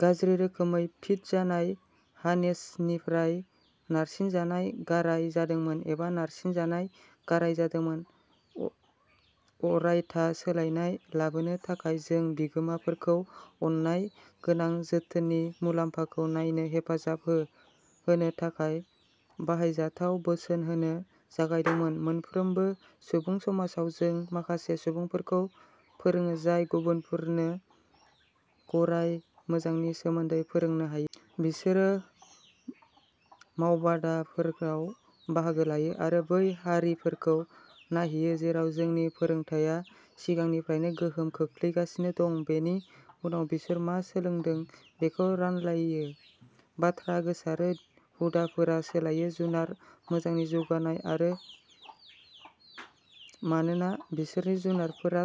गाज्रि रोखोमै फिट जानाय हार्नेसनिफ्राय नारसिननाय गाराय जादोंमोन एबा नारसिननाय गाराय जादोंमोन। अ-अरायथा सोलायनाय लाबोनो थाखाय जों बिगोमाफोरखौ अननाय गोनां जोथोननि मुलाम्फाखौ नायनो हेफाजाब हो होनो थाखाय बाहायजाथाव बोसोन होनो जागायदोंमोन। मोनफ्रोमबो सुबुं समाजाव जों माखासे सुबुंफोरखौ फोरोंङो जाय गुबुनफोरनो गराय मोजांनि सोमोन्दै फोरोंनो हायो। बिसोरो मावबादाफोराव बाहागो लायो आरो बै हारिफोरखौ नायहैयो जेराव जोंनि फोरोंथाया सिगांनिफ्रायनो गोहोम खोख्लैगासिनो दं। बेनि उनाव बिसोरो मा सोलोंदों बेखौ रानलायो। बाथ्रा गोसारो हुदाफोरा सोलायो। जुनार मोजांनि जौगानाय जायो आरो मानोना बिसोरनि जुनारफोरा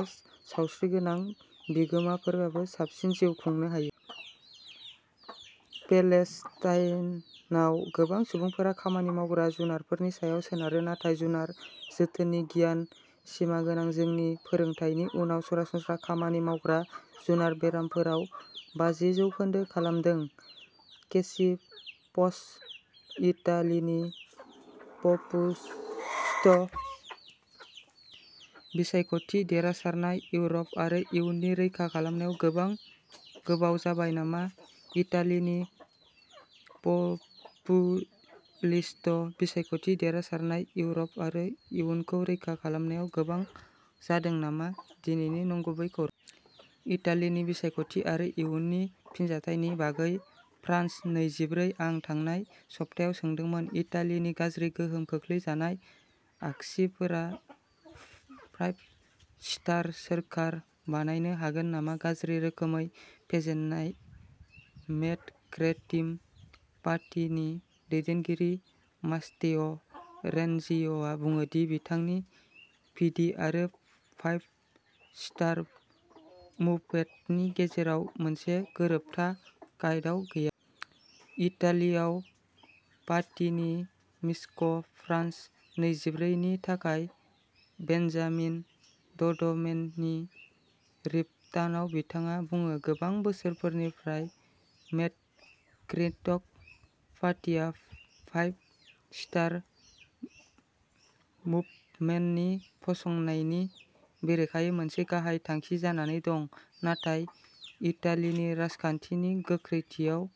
सावस्रिगोनां बिगोमाफोराबो साबसिन जिउ खुंनो हायो। पेलेस्टाइनआव गोबां सुबुंफोरा खामानि मावग्रा जुनारफोरनि सायाव सोनारो नाथाय जुनार जोथोननि गियानआ सिमागोनां। जोंनि फोरोंथायनि उनाव सरासनस्रा खामानि मावग्रा जुनार बेरामफोराव बाजि जौखोन्दो खमायदों। केसि पप्स इटालिनि पपुलिस्ट बिसायख'थि देरहासारनाय इउर' आरो इयुखौ रैखा खालामनायाव गोबाव जाबाय नामा इटालिनि पपुलिस्ट बिसायख'थि देरहासारनाय इउर'आरो इयुखौ रैखा खालामनायाव गोबाव जादों नामा दिनैनि नंगुबै खौ। इटालीनि बिसायख'थि आरो इयुनि फिनजाथायनि बागै फ्रान्स नैजिब्रै आ थांनाय सप्तायाव सोंदोंमोन इटालीनि गाज्रि गोहोम खोख्लैजानाय आगसिफोरा'फाइभ स्टार'सोरखार बानायनो हागोन नामा गाज्रि रोखोमै फेजेनजानाय डेम'क्रेटिक पार्टिनि दैदेनगिरि मात्तेअ रेनजीआ बुङो दि बिथांनि पिडि आरो फाइभ स्टार मुभमेन्टनि गेजेराव मोनसे गोरोबथा कार्डआव गैया। इटालीयाव पार्टिनि मिक्स। फ्रान्स नैजिब्रै नि थाखाय बेन्जामिन डडमेननि रिपर्टाव बिथाङा बुङो गोबां बोसोरफोरनिफ्राय डेम'क्रेटिक पार्टिआ फाइभ स्टार मुभमेन्टनि फसंथाननि बेरेखायै मोनसे गाहाय थांखि जानानै दं। नाथाय इटालीनि राजखान्थिनि गोख्रैथिआव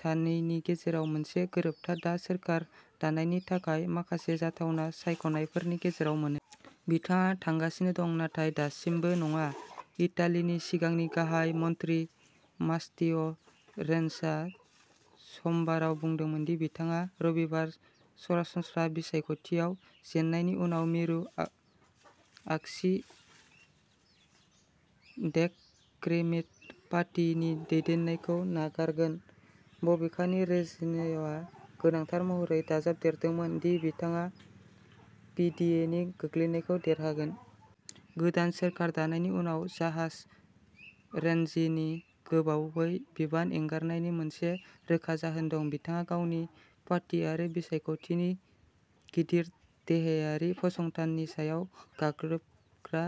सानैनि गेजेराव मोनसे गोरोबथा दा सोरखार दानायनि थाखाय माखासे जाथावना सायख'नायफोरनि गेजेराव मोनसे। बिथाङा थांगासिनो दं नाथाय दासिमबो नङा। इटालीनि सिगांनि गाहाय मन्थ्रि मात्तेअ रेनजआ समबारआव बुंदोंमोन दि बिथाङा रबिबार सरासनस्रा बिसायख'थियाव जेननायनि उनाव मिरु आ-आगसि डेक'क्रेटिक पार्टी नि दैदेननायखौ नागारगोन। बबेखानि रेजीनिआ गोनांथार महरै दाजाबदेरदोंमोन दि बिथाङा पिडिनि गोग्लैनायखौ दैदेनगोन। गोदान सोरखार दानायनि उनाव जाहाज रेनजिनि गोबावै बिबान एंगारनायनि मोनसे रोखा जाहोन दं। बिथाङा गावनि पार्टी आरो बिसायख'थिनि गिदिर देरहागिरि फसंथाननि सायाव गाग्लोबग्रा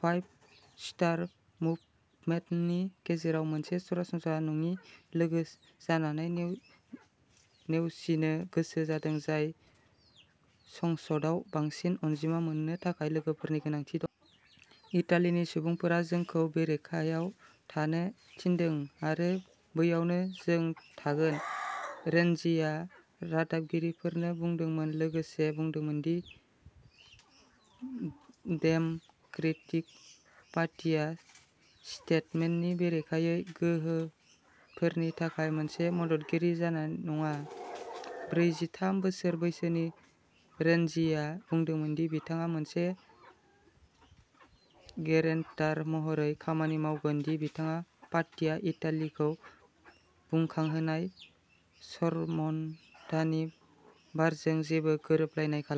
फाइभ स्टार मुभमेन्टनि गेजेराव मोनसे सरासनस्रा नङि लोगो जानायखौ नेव-नेवसिनो गोसो जादों जाय संसदआव बांसिन अनजिमा मोननो थाखाय लोगोफोरनि गोनांथि दं। इटालिनि सुबुंफोरा जोंखौ बेरेखायाव थानो थिनदों आरो बैयावनो जों थांगोन रेनजिया रादाबगिरिफोरनो बुंदोंमोन लोगोसे बुंदोंमोन दि डेम'क्रेटिक पार्टीआ सिस्टेमनि बेरेखायै गोहोफोरनि थाखाय मोनसे मददगिरि जानाय नङा। ब्रैजिथाम बोसोर बैसोनि रेनजिया बुंदोंमोन दि बिथाङा मोनसे गेरेन्टार महरै खामानि मावगोन दि बिथांनि पार्टीया इटालिखौ बुखांहोनाय चरमपन्थानि बारजों जेबो गोरोबलायनाय खालामा।